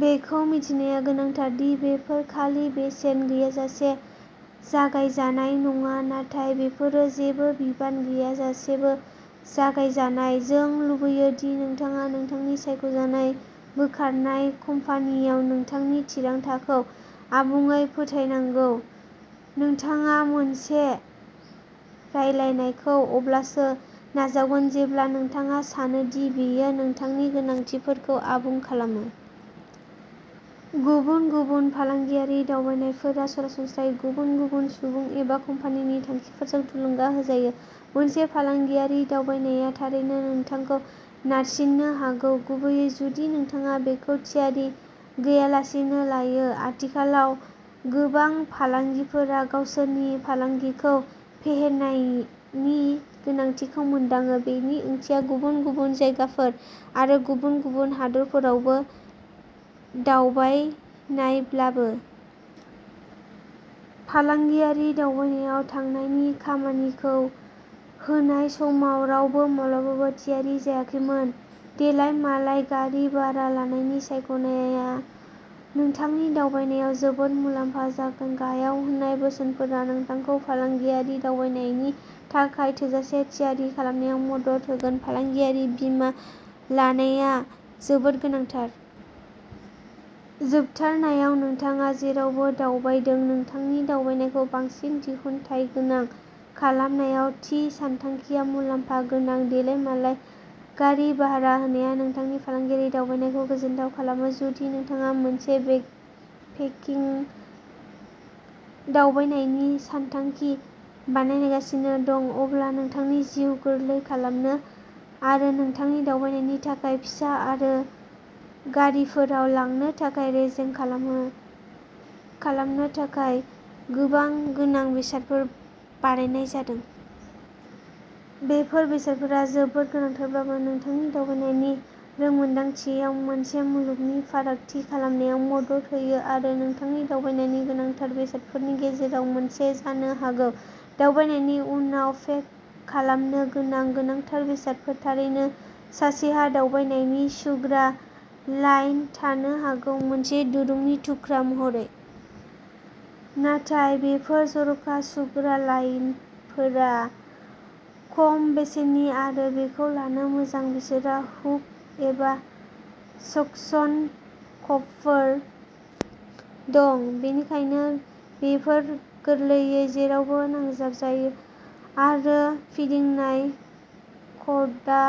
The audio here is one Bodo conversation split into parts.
बेखौ मिथिनाया गोनांथार दि बेफोर खालि बेसेन गैयाजासे जगायजानाय नङा। नाथाय बेफोरो जेबो बिबान गैयाजासेबो जगायजानाय। जों लुबैयो दि नोंथाङा नोंथांनि सायख'जानाय बोखारनाय कम्पानिआव नोंथांनि थिरांथाखौ आबुङै फोथायनांगौ। नोंथाङा मोनसे रायलायनायखौ अब्लासो नाजावनांगौ जेब्ला नोंथाङा सानो दि बेयो नोंथांनि गोनांथिफोरखौ आबुं खालामो। गुबुन गुबुन फालांगियारि दावबायनायफोरा सरासनस्रायै गुबुन गुबुन सुबुं एबा कम्पानिनि थांखिफोरजों थुलुंगा होजायो। मोनसे फालांगियारि दावबायनाया थारैनो नोंथांखौ नारसिननो हागौ, गुबैयै जुदि नोंथाङा बेखौ थियारि गैयालासेनो लायो। आथिखालाव गोबां फालांगिफोरा गावसोरनि फालांगिखौ फेहेरनायनि गोनांथिखौ मोनदाङो, बेनि ओंथिया गुबुन गुबुन जायगाफोर आरो गुबुन हादोरफोरावबो दावबायनायब्लाबो। फालांगियारि दावबायनायाव थांनायनि खामानिखौ होनाय समाव रावबो माब्लाबाबो थियारि जायाखैमोन। देलायमालाय गारि भारा लानायनि सायख'नाया नोंथांनि दावबायनायाव जोबोद मुलाम्फा जागोन। गाहायाव होनाय बोसोनफोरा नोंथांखौ फालांगियारि दावबायनायनि थाखाय थोजासे थियारि खालामनायाव मदद होगोन। फालांगियारि बीमा लानाया जोबोद गोनांथार। जोबथारनायाव, नोंथाङा जेरावबो दावबायदों, नोंथांनि दावबायनायखौ बांसिन दिहुनथायगोनां खालामनायाव थि सानथांखिया मुलाम्फा गोनां। देलायमालाय गारि भारा होनाया नोंथांनि फालांगियारि दावबायनायखौबो गोजोनथाव खालामगोन। जुदि नोंथाङा मोनसे बेकपेकिंग दावबायनायनि सानथांखि बानायगासिनो दं, अब्ला नोंथांनि जिउखौ गोरलै खालामनो आरो नोंथांनि दावबायनायनि थाखाय फिसा आरो गारिफोराव लांनो थाखाय रेजें खालामनो थाखाय गोबां गोनां बेसादफोर बानायनाय जादों। बेफोर बेसादफोरा जोबोद गोनांथारब्लाबो, नोंथांनि दावबायनायनि रोंमोनदांथियाव मोनसे मुलुगनि फारागथि खालामनायाव मदद होयो आरो नोंथांनि दावबायनायनि'गोनांथार'बेसादफोरनि गेजेराव मोनसे जानो हागौ। दावबायनायनि उनाव पेक खालामनो गोनां गोनांथार बेसादफोर। थारैनो, सासेहा दावबायनायनि सुग्रा लाइन थानो हागौ, मोनसे दिरुंनि थुख्रा महरै। नाथाय बेफोर जर'खा सुग्रा लाइनफोरा खम बेसेननि आरो बेखौ लानो मोजां। बिसोरहा हुक एबा साकसन कापफोर दं, बेनिखायनो बेफोर गोरलैयै जेरावबो नांजाबजायो आरो फिदिंनाय कर्डआ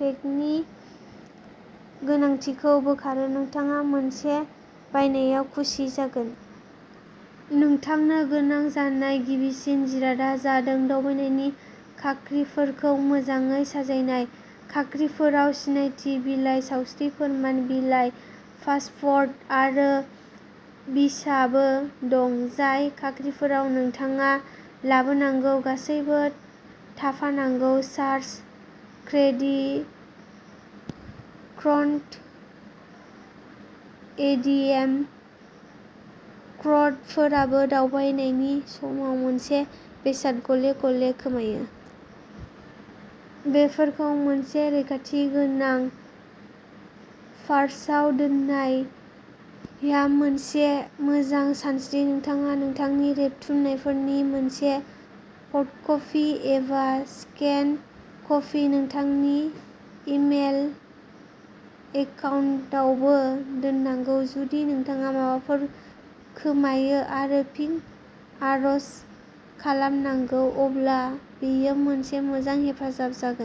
पेगनि गोनांथिखौ बोखारो। नोंथाङा मोनसे बायनायाव खुसि जागोन! नोंथांनो गोनां जानाय गिबिसिन जिरादआ जादों दावबायनायनि खाख्रिफोरखौ मोजाङै साजायनाय। खाख्रिफोराव सिनायथि बिलाइ, सावस्रि फोरमान बिलाइ, पासपर्ट आरो भिसाबो दं, जाय खाख्रिफोराव नोंथाङा लाबोनांगौ गासैबो थाफानांगोन। पार्स, क्रेडिट कार्ड, एटिएम कार्डफोराबो दावबायनायनि समाव मोनसे बेसाद गले-गले खोमायो। बेफोरखौ मोनसे रैखाथि गोनां पार्साव दोननाया मोनसे मोजां सानस्रि। नोंथाङा नोंथांनि रेबथुमफोरनि मोनसे फट'कपि एबा स्केन कपि नोंथांनि इमेल एकाउन्टावबो दोननांगौ; जुदि नोंथाङा माबाफोर खोमायो आरो फिन आर'ज खालामनांगोन अब्ला बेयो मोनसे मोजां हेफाजाब जागोन।